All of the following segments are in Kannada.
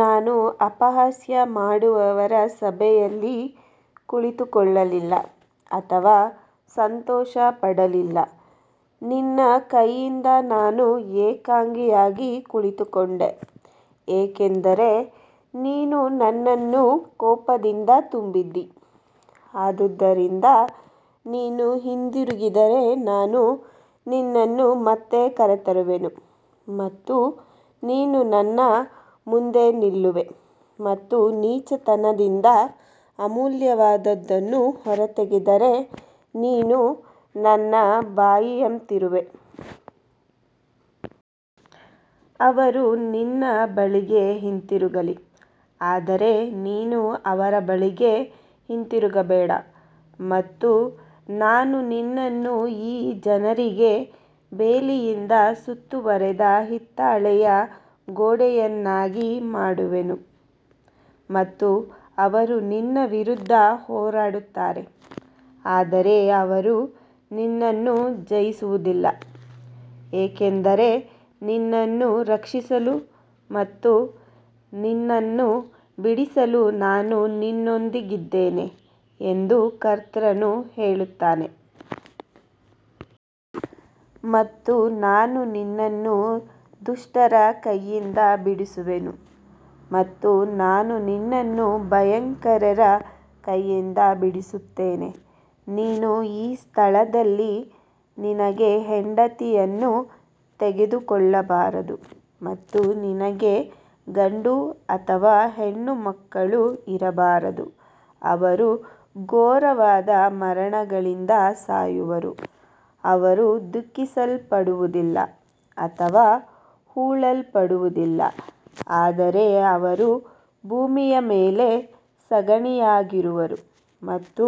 ನಾನು ಅಪಹಾಸ್ಯ ಮಾಡುವವರ ಸಭೆಯಲ್ಲಿ ಕುಳಿತುಕೊಳ್ಳಲಿಲ್ಲ ಅಥವಾ ಸಂತೋಷಪಡಲಿಲ್ಲ ನಿನ್ನ ಕೈಯಿಂದ ನಾನು ಏಕಾಂಗಿಯಾಗಿ ಕುಳಿತುಕೊಂಡೆ ಏಕೆಂದರೆ ನೀನು ನನ್ನನ್ನು ಕೋಪದಿಂದ ತುಂಬಿದ್ದೀ. ಆದದರಿಂದ ನೀನು ಹಿಂದಿರುಗಿದರೆ ನಾನು ನಿನ್ನನ್ನು ಮತ್ತೆ ಕರೆತರುವೆನು ಮತ್ತು ನೀನು ನನ್ನ ಮುಂದೆ ನಿಲ್ಲುವೆ ಮತ್ತು ನೀಚತನದಿಂದ ಅಮೂಲ್ಯವಾದದ್ದನ್ನು ಹೊರತೆಗೆದರೆ ನೀನು ನನ್ನ ಬಾಯಿಯಂತಿರುವೆ. ಅವರು ನಿನ್ನ ಬಳಿಗೆ ಹಿಂತಿರುಗಲಿ ಆದರೆ ನೀನು ಅವರ ಬಳಿಗೆ ಹಿಂತಿರುಗಬೇಡ. ಮತ್ತು ನಾನು ನಿನ್ನನ್ನು ಈ ಜನರಿಗೆ ಬೇಲಿಯಿಂದ ಸುತ್ತುವರಿದ ಹಿತ್ತಾಳೆಯ ಗೋಡೆಯನ್ನಾಗಿ ಮಾಡುವೆನು ಮತ್ತು ಅವರು ನಿನ್ನ ವಿರುದ್ಧ ಹೋರಾಡುತ್ತಾರೆ ಆದರೆ ಅವರು ನಿನ್ನನ್ನು ಜಯಿಸುವುದಿಲ್ಲ ಏಕೆಂದರೆ ನಿನ್ನನ್ನು ರಕ್ಷಿಸಲು ಮತ್ತು ನಿನ್ನನ್ನು ಬಿಡಿಸಲು ನಾನು ನಿನ್ನೊಂದಿಗಿದ್ದೇನೆ ಎಂದು ಕರ್ತನು ಹೇಳುತ್ತಾನೆ. ಮತ್ತು ನಾನು ನಿನ್ನನ್ನು ದುಷ್ಟರ ಕೈಯಿಂದ ಬಿಡಿಸುವೆನು ಮತ್ತು ನಾನು ನಿನ್ನನ್ನು ಭಯಂಕರರ ಕೈಯಿಂದ ಬಿಡಿಸುತ್ತೇನೆ. ನೀನು ಈ ಸ್ಥಳದಲ್ಲಿ ನಿನಗೆ ಹೆಂಡತಿಯನ್ನು ತೆಗೆದುಕೊಳ್ಳಬಾರದು ಮತ್ತು ನಿನಗೆ ಗಂಡು ಅಥವಾ ಹೆಣ್ಣು ಮಕ್ಕಳು ಇರಬಾರದು. ಅವರು ಘೋರವಾದ ಮರಣಗಳಿಂದ ಸಾಯುವರು ಅವರು ದುಃಖಿಸಲ್ಪಡುವುದಿಲ್ಲ ಅಥವಾ ಹೂಳಲ್ಪಡುವುದಿಲ್ಲ ಆದರೆ ಅವರು ಭೂಮಿಯ ಮೇಲೆ ಸಗಣಿಯಾಗಿರುವರು ಮತ್ತು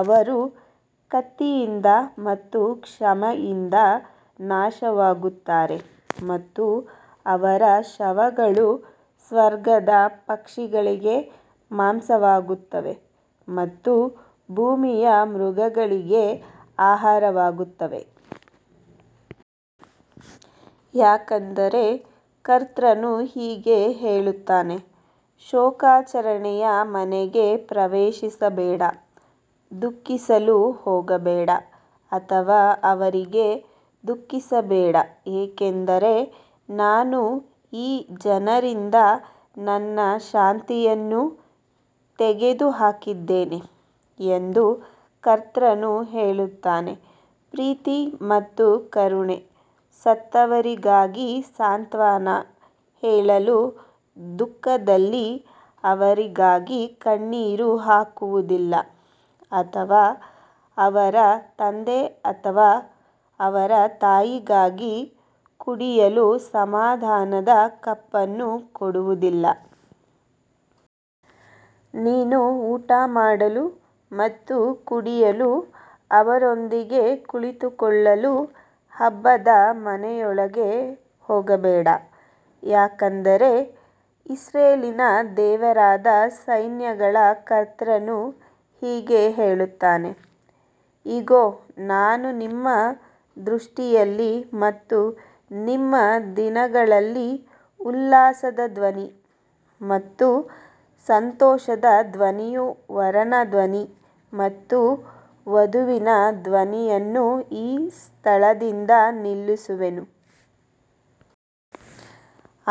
ಅವರು ಕತ್ತಿಯಿಂದ ಮತ್ತು ಕ್ಷಾಮದಿಂದ ನಾಶವಾಗುತ್ತಾರೆ ಮತ್ತು ಅವರ ಶವಗಳು ಸ್ವರ್ಗದ ಪಕ್ಷಿಗಳಿಗೆ ಮಾಂಸವಾಗುತ್ತವೆ ಮತ್ತು ಭೂಮಿಯ ಮೃಗಗಳಿಗೆ ಆಹಾರವಾಗುತ್ತವೆ. ಯಾಕಂದರೆ ಕರ್ತನು ಹೀಗೆ ಹೇಳುತ್ತಾನೆ ಶೋಕಾಚರಣೆಯ ಮನೆಗೆ ಪ್ರವೇಶಿಸಬೇಡ ದುಃಖಿಸಲು ಹೋಗಬೇಡ ಅಥವಾ ಅವರಿಗೆ ದುಃಖಿಸಬೇಡ ಏಕೆಂದರೆ ನಾನು ಈ ಜನರಿಂದ ನನ್ನ ಶಾಂತಿಯನ್ನು ತೆಗೆದುಹಾಕಿದ್ದೇನೆ ಎಂದು ಕರ್ತನು ಹೇಳುತ್ತಾನೆ ಪ್ರೀತಿ ಮತ್ತು ಕರುಣೆ ಸತ್ತವರಿಗಾಗಿ ಸಾಂತ್ವನ ಹೇಳಲು ದುಃಖದಲ್ಲಿ ಅವರಿಗಾಗಿ ಕಣ್ಣೀರು ಹಾಕುವುದಿಲ್ಲ ಅಥವಾ ಅವರ ತಂದೆ ಅಥವಾ ಅವರ ತಾಯಿಗಾಗಿ ಕುಡಿಯಲು ಸಮಾಧಾನದ ಕಪ್ ಅನ್ನು ಕೊಡುವುದಿಲ್ಲ. ನೀನು ಊಟಮಾಡಲು ಮತ್ತು ಕುಡಿಯಲು ಅವರೊಂದಿಗೆ ಕುಳಿತುಕೊಳ್ಳಲು ಹಬ್ಬದ ಮನೆಯೊಳಗೆ ಹೋಗಬೇಡ ಯಾಕಂದರೆ ಇಸ್ರಾಯೇಲಿನ ದೇವರಾದ ಸೈನ್ಯಗಳ ಕರ್ತನು ಹೀಗೆ ಹೇಳುತ್ತಾನೆ ಇಗೋ ನಾನು ನಿಮ್ಮ ದೃಷ್ಟಿಯಲ್ಲಿ ಮತ್ತು ನಿಮ್ಮ ದಿನಗಳಲ್ಲಿ ಉಲ್ಲಾಸದ ಧ್ವನಿ ಮತ್ತು ಸಂತೋಷದ ಧ್ವನಿಯು ವರನ ಧ್ವನಿ ಮತ್ತು ವಧುವಿನ ಧ್ವನಿಯನ್ನು ಈ ಸ್ಥಳದಿಂದ ನಿಲ್ಲಿಸುವೆನು.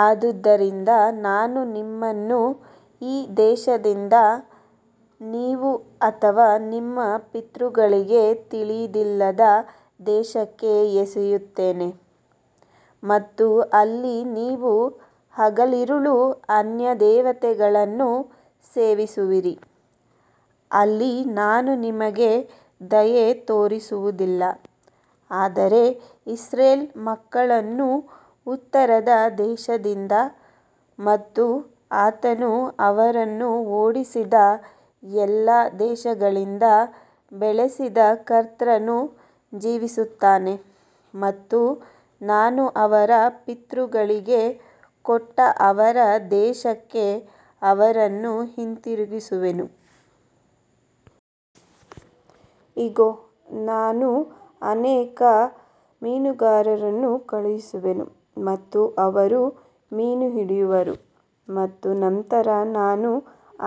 ಆದದರಿಂದ ನಾನು ನಿಮ್ಮನ್ನು ಈ ದೇಶದಿಂದ ನೀವು ಅಥವಾ ನಿಮ್ಮ ಪಿತೃಗಳಿಗೆ ತಿಳಿದಿಲ್ಲದ ದೇಶಕ್ಕೆ ಎಸೆಯುತ್ತೇನೆ ಮತ್ತು ಅಲ್ಲಿ ನೀವು ಹಗಲಿರುಳು ಅನ್ಯದೇವತೆಗಳನ್ನು ಸೇವಿಸುವಿರಿ ಅಲ್ಲಿ ನಾನು ನಿಮಗೆ ದಯೆ ತೋರಿಸುವುದಿಲ್ಲ. ಆದರೆ ಇಸ್ರಾಯೇಲ್ ಮಕ್ಕಳನ್ನು ಉತ್ತರದ ದೇಶದಿಂದ ಮತ್ತು ಆತನು ಅವರನ್ನು ಓಡಿಸಿದ ಎಲ್ಲಾ ದೇಶಗಳಿಂದ ಬೆಳೆಸಿದ ಕರ್ತನು ಜೀವಿಸುತ್ತಾನೆ ಮತ್ತು ನಾನು ಅವರ ಪಿತೃಗಳಿಗೆ ಕೊಟ್ಟ ಅವರ ದೇಶಕ್ಕೆ ಅವರನ್ನು ಹಿಂತಿರುಗಿಸುವೆನು. ಇಗೋ ನಾನು ಅನೇಕ ಮೀನುಗಾರರನ್ನು ಕಳುಹಿಸುವೆನು ಮತ್ತು ಅವರು ಮೀನು ಹಿಡಿಯುವರು ಮತ್ತು ನಂತರ ನಾನು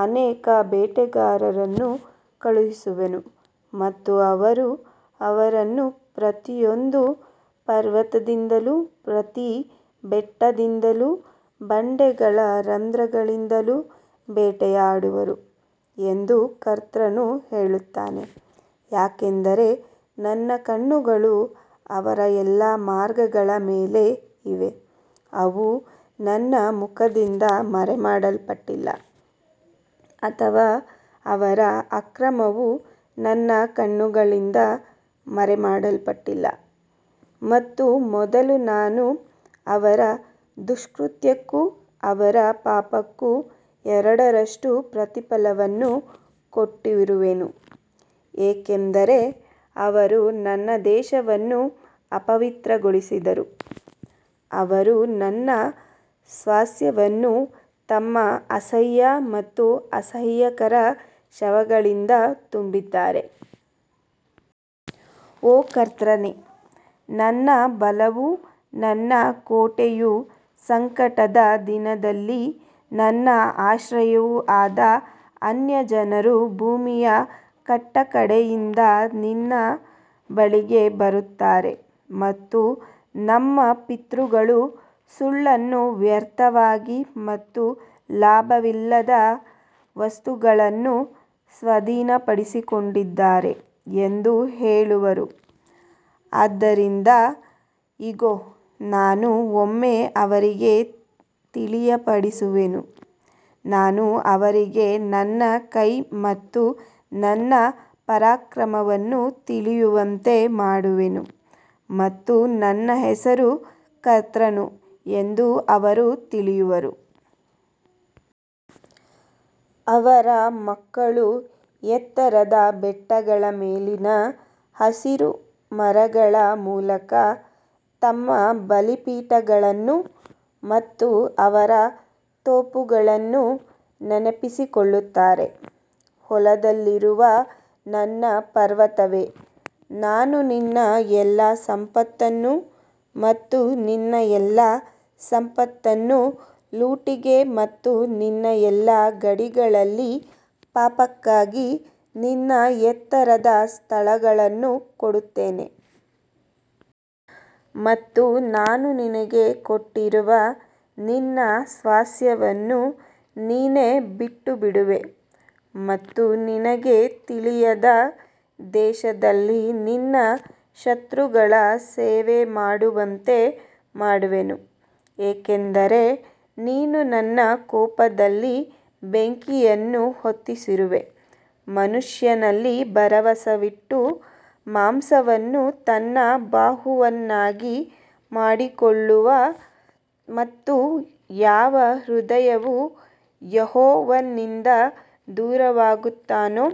ಅನೇಕ ಬೇಟೆಗಾರರನ್ನು ಕಳುಹಿಸುವೆನು ಮತ್ತು ಅವರು ಅವರನ್ನು ಪ್ರತಿಯೊಂದು ಪರ್ವತದಿಂದಲೂ ಪ್ರತಿ ಬೆಟ್ಟದಿಂದಲೂ ಬಂಡೆಗಳ ರಂಧ್ರಗಳಿಂದಲೂ ಬೇಟೆಯಾಡುವರು ಎಂದು ಕರ್ತನು ಹೇಳುತ್ತಾನೆ. ಯಾಕಂದರೆ ನನ್ನ ಕಣ್ಣುಗಳು ಅವರ ಎಲ್ಲಾ ಮಾರ್ಗಗಳ ಮೇಲೆ ಇವೆ ಅವು ನನ್ನ ಮುಖದಿಂದ ಮರೆಮಾಡಲ್ಪಟ್ಟಿಲ್ಲ ಅಥವಾ ಅವರ ಅಕ್ರಮವು ನನ್ನ ಕಣ್ಣುಗಳಿಂದ ಮರೆಮಾಡಲ್ಪಟ್ಟಿಲ್ಲ ಮತ್ತು ಮೊದಲು ನಾನು ಅವರ ದುಷ್ಕೃತ್ಯಕ್ಕೂ ಅವರ ಪಾಪಕ್ಕೂ ಎರಡರಷ್ಟು ಪ್ರತಿಫಲವನ್ನು ಕೊಡುವೆನು ಏಕೆಂದರೆ ಅವರು ನನ್ನ ದೇಶವನ್ನು ಅಪವಿತ್ರಗೊಳಿಸಿದರು ಅವರು ನನ್ನ ಸ್ವಾಸ್ತ್ಯವನ್ನು ತಮ್ಮ ಅಸಹ್ಯ ಮತ್ತು ಅಸಹ್ಯಕರ ಶವಗಳಿಂದ ತುಂಬಿದ್ದಾರೆ. ಓ ಕರ್ತನೇ ನನ್ನ ಬಲವೂ ನನ್ನ ಕೋಟೆಯೂ ಸಂಕಟದ ದಿನದಲ್ಲಿ ನನ್ನ ಆಶ್ರಯವೂ ಆದ ಅನ್ಯಜನರು ಭೂಮಿಯ ಕಟ್ಟಕಡೆಯಿಂದ ನಿನ್ನ ಬಳಿಗೆ ಬರುತ್ತಾರೆ ಮತ್ತು ನಮ್ಮ ಪಿತೃಗಳು ಸುಳ್ಳನ್ನು ವ್ಯರ್ಥವಾಗಿ ಮತ್ತು ಲಾಭವಿಲ್ಲದ ವಸ್ತುಗಳನ್ನು ಸ್ವಾಧೀನಪಡಿಸಿಕೊಂಡಿದ್ದಾರೆ ಎಂದು ಹೇಳುವರು. ಆದದರಿಂದ ಇಗೋ ನಾನು ಒಮ್ಮೆ ಅವರಿಗೆ ತಿಳಿಯಪಡಿಸುವೆನು ನಾನು ಅವರಿಗೆ ನನ್ನ ಕೈ ಮತ್ತು ನನ್ನ ಪರಾಕ್ರಮವನ್ನು ತಿಳಿಯುವಂತೆ ಮಾಡುವೆನು ಮತ್ತು ನನ್ನ ಹೆಸರು ಕರ್ತನು ಎಂದು ಅವರು ತಿಳಿಯುವರು. ಅವರ ಮಕ್ಕಳು ಎತ್ತರದ ಬೆಟ್ಟಗಳ ಮೇಲಿನ ಹಸಿರು ಮರಗಳ ಮೂಲಕ ತಮ್ಮ ಬಲಿಪೀಠಗಳನ್ನು ಮತ್ತು ಅವರ ತೋಪುಗಳನ್ನು ನೆನಪಿಸಿಕೊಳ್ಳುತ್ತಾರೆ. ಹೊಲದಲ್ಲಿರುವ ನನ್ನ ಪರ್ವತವೇ ನಾನು ನಿನ್ನ ಎಲ್ಲಾ ಸಂಪತ್ತನ್ನು ಮತ್ತು ನಿನ್ನ ಎಲ್ಲಾ ಸಂಪತ್ತನ್ನು ಲೂಟಿಗೆ ಮತ್ತು ನಿನ್ನ ಎಲ್ಲಾ ಗಡಿಗಳಲ್ಲಿ ಪಾಪಕ್ಕಾಗಿ ನಿನ್ನ ಎತ್ತರದ ಸ್ಥಳಗಳನ್ನು ಕೊಡುತ್ತೇನೆ. ಮತ್ತು ನಾನು ನಿನಗೆ ಕೊಟ್ಟಿರುವ ನಿನ್ನ ಸ್ವಾಸ್ತ್ಯವನ್ನು ನೀನೇ ಬಿಟ್ಟುಬಿಡುವೆ ಮತ್ತು ನಿನಗೆ ತಿಳಿಯದ ದೇಶದಲ್ಲಿ ನಿನ್ನ ಶತ್ರುಗಳ ಸೇವೆಮಾಡುವಂತೆ ಮಾಡುವೆನು ಏಕೆಂದರೆ ನೀನು ನನ್ನ ಕೋಪದಲ್ಲಿ ಬೆಂಕಿಯನ್ನು ಹೊತ್ತಿಸಿರುವೆ. ಮನುಷ್ಯನಲ್ಲಿ ಭರವಸವಿಟ್ಟು ಮಾಂಸವನ್ನು ತನ್ನ ಬಾಹುವನ್ನಾಗಿ ಮಾಡಿಕೊಳ್ಳುವ ಮತ್ತು ಯಾವ ಹೃದಯವು ಯೆಹೋವನಿಂದ ದೂರವಾಗುತ್ತಾನೋ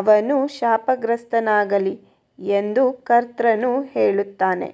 ಅವನು ಶಾಪಗ್ರಸ್ತನಾಗಲಿ ಎಂದು ಕರ್ತನು ಹೇಳುತ್ತಾನೆ.